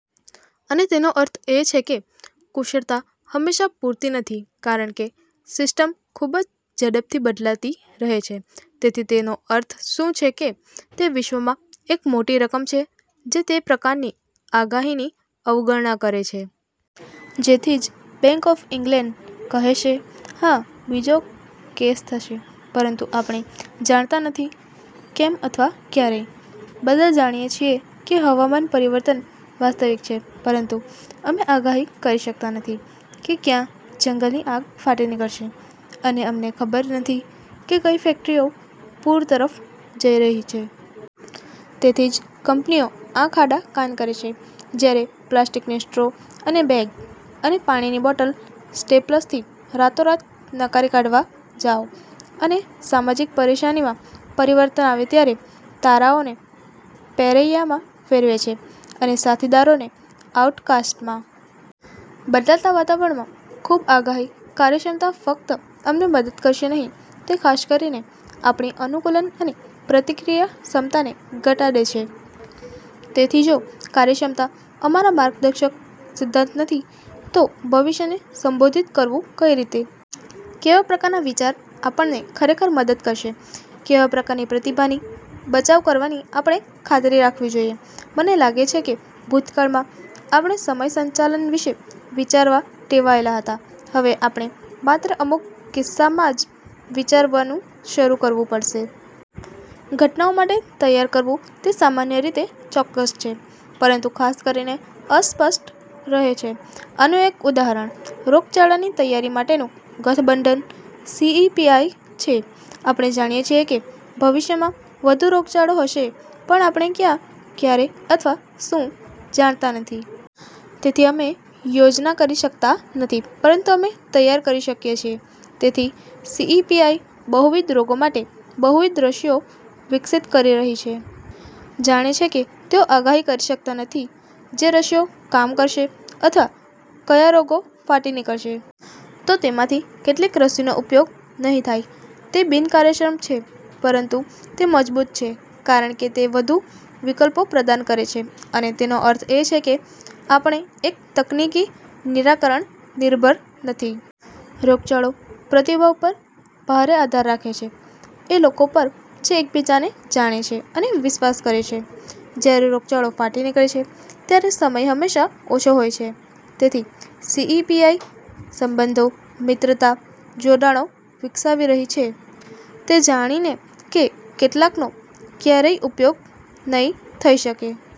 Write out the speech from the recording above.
અને તેનો અર્થ એ છે કે કુશળતા હંમેશાં પૂરતી નથી કારણ કે સિસ્ટમ ખૂબ જ ઝડપથી બદલાતી રહે છે. તેથી તેનો અર્થ શું છે કે તે વિશ્વમાં એક મોટી રકમ છે જે તે પ્રકારની આગાહીની અવગણના કરે છે. તેથી જ બેંક ઓફ ઇંગ્લેંડ કહેશે, "હા, બીજો ક્રેશ થશે પરંતુ આપણે જાણતા નથી કેમ અથવા ક્યારે." બધા જાણીએ છીએ કે હવામાન પરિવર્તન વાસ્તવિક છે પરંતુ અમે આગાહી કરી શકતા નથી કે ક્યાં જંગલની આગ ફાટી નીકળશે અને અમને ખબર નથી કે કઈ ફેકટરીઓ પૂર તરફ જઈ રહી છે. તેથી જ કંપનીઓ આંખ આડા કાન કરે છે જ્યારે પ્લાસ્ટિકની સ્ટ્રો અને બેગ અને પાણીની બૉટલ સ્ટેપલ્સથી રાતોરાત નકારી કાઢવા જાઓ અને સામાજિક પરેશાનીમાં પરિવર્તન આવે ત્યારે તારાઓને પેરૈયામાં ફેરવે છે અને સાથીદારોને આઉટકાસ્ટમાં. બદલાતા વાતાવરણમાં ખૂબ આગાહી, કાર્યક્ષમતા ફક્ત અમને મદદ કરશે નહીં, તે ખાસ કરીને આપણી અનુકૂલન અને પ્રતિક્રિયા ક્ષમતાને ઘટાડે છે. તેથી જો કાર્યક્ષમતા અમારા માર્ગદર્શક સિદ્ધાંત નથી તો ભવિષ્યને સંબોધિત કરવું કઈ રીતે? કેવાં પ્રકારના વિચાર આપણને ખરેખર મદદ કરશે? કેવા પ્રકારની પ્રતિભાની બચાવ કરવાની આપણે ખાતરી રાખવી જોઈએ? મને લાગે છે કે ભૂતકાળમાં આપણે સમય સંચાલન વિશે વિચારવાં ટેવાયેલા હતા. હવે આપણે માત્ર અમુક કિસ્સામાં જ વિચારવાનું શરૂ કરવું પડશે. ઘટનાઓ માટે તૈયાર કરવું તે સામાન્ય રીતે ચોક્કસ છે પરંતુ ખાસ કરીને અસ્પષ્ટ રહે છે. આનું એક ઉદાહરણ, રોગચાળાની તૈયારી માટેનું ગઠબંધન સી.ઈ.પી.આઈ છે. આપણે જાણીએ છીએ કે ભવિષ્યમાં વધુ રોગચાળો હશે પણ આપણે ક્યાં, ક્યારે અથવા શું જાણતા નથી. તેથી અમે યોજના કરી શકતા નથી પરંતુ અમે તૈયાર કરી શકીએ છીએ. તેથી સી.ઈ.પી.આઈ બહુવિધ રોગો માટે બહુવિધ રસીઓ વિકસિત કરી રહી છે. જાણે છે કે તેઓ આગાહી કરી શકતા નથી જે રસીઓ કામ કરશે અથવા કયા રોગો ફાટી નીકળશે. તો તેમાંથી કેટલીક રસીનો ઉપયોગ નહીં થાય. તે બિનકાર્યક્ષમ છે પરંતુ તે મજબૂત છે કારણ કે તે વધુ વિકલ્પો પ્રદાન કરે છે અને તેનો અર્થ એ છે કે આપણે એક તકનીકી નિરાકરણ નિર્ભર નથી. રોગચાળો પ્રતિભાવ પર ભારે આધાર રાખે છે એ લોકો પર જે એકબીજાને જાણે છે અને વિશ્વાસ કરે છે. જ્યારે રોગચાળો ફાટી નીકળે છે ત્યારે સમય હંમેશા ઓછો હોય છે. તેથી સી.ઈ.પી.આઈ સંબંધો, મિત્રતા, જોડાણો વિકસાવી રહી છે તે જાણીને કે કેટલાકનો ક્યારેય ઉપયોગ નઈ થઈ શકે.